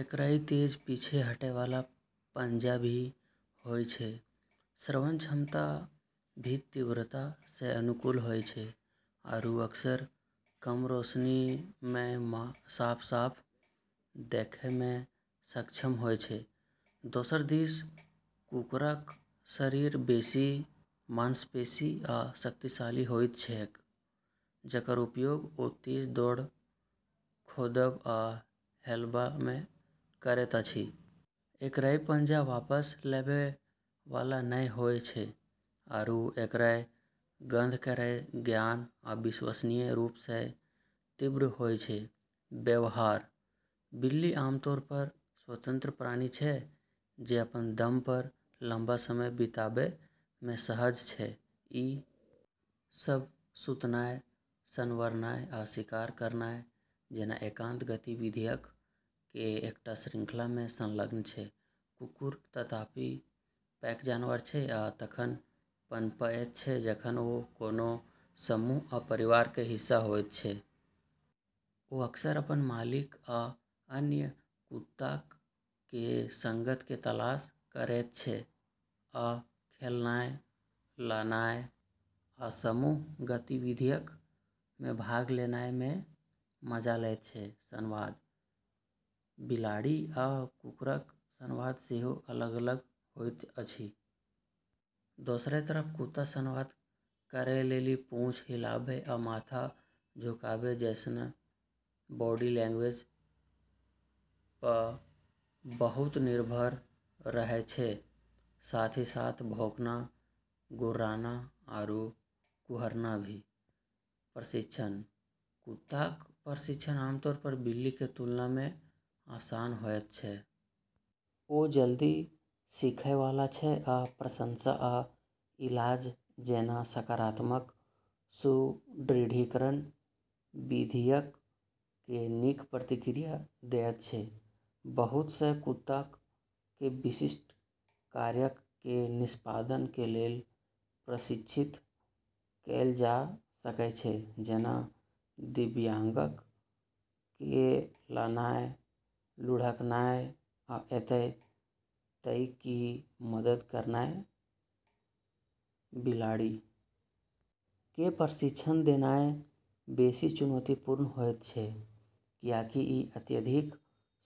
एकरऽ तेज पीछे हटै वाला पंजा भी होय छै, श्रवण क्षमता भी तीव्रता सऽ अनुकूल होय छै आरू अक्सर कम रोशनी मऽ साफ-साफ देखै मऽ सक्षम होय छै। दोसर दिस कुकुरक शरीर बेसी मांसपेशी आ शक्तिशाली होइत छैक, जकर उपयोग ओ तेज दौड़, खोदब आ हेलबा मे करैत अछि। एकरऽ पंजा वापस लेबै वाला नै होय छै आरू एकरऽ गंध केरऽ ज्ञान अविश्वसनीय रूप सऽ तीव्र होय छै। व्यवहार: बिल्ली आमतौर पर स्वतंत्र प्राणी छै, जे अपन दम पर लंबा समय बिताबै मे सहज छै ।ई सब सुतनाय, संवारनाय, आ शिकार करनाय जैना एकांत गतिविधियक कें एकटा श्रृंखला मे संलग्न छै। कुकुर, तथापि, पैक जानवर छै, आ तखन पनपएयत छै जखन ओ कोनो समूह या परिवार के हिस्सा होयत छै। ओ अक्सर अपन मालिक या अन्य कुत्ताक के संगत के तलाश करएयत छै ।आ खेलनाय, लानाय आ समूह गतिविधियक मे भाग लेनाय मे मजा लैत छै ।संवाद: बिलाड़ि आ कुकुरक संवाद सेहो अलग-अलग होइत अछि। दोसरऽ तरफ कुत्ता संवाद करै लेली पूँछ हिलाबै या माथा झुकाबै जैसनऽ बॉडी लैंग्वेज पऽ बहुत निर्भर रहै छै, साथ ही साथ भौंकना, गुर्राना, आरू कुहरना भी। प्रशिक्षण: कुत्ताक प्रशिक्षण आमतौर पर बिल्ली के तुलना मे आसान होयत छै। ओ जल्दी सीखएय वाला छै आ प्रशंसा आ इलाज जैना सकारात्मक सुदृढीकरण विधियक के नीक प्रतिक्रिया देयत छै। बहुत सऽ कुत्ताक के विशिष्ट कार्यक के निष्पादन के लेल प्रशिक्षित कैल जा सकएय छै, जेना दिव्यांगक के लानाय, लुढ़कनाय, या एतय तइक की मदद करनाय ।बिलाड़ि के प्रशिक्षण देनाय बेसि चुनौतीपूर्ण होयत छै, कियाकि इ अत्यधिक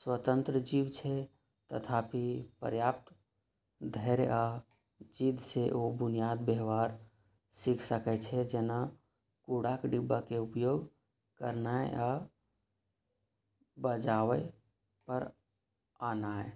स्वतंत्र जीव छै ।तथापि, पर्याप्त धैर्य आ जिद्द सऽ ओ बुनियादी व्यवहार सीख सकय छै जेना कूड़ाक डिब्बा के उपयोग करनाय या बजावय पर आनाय।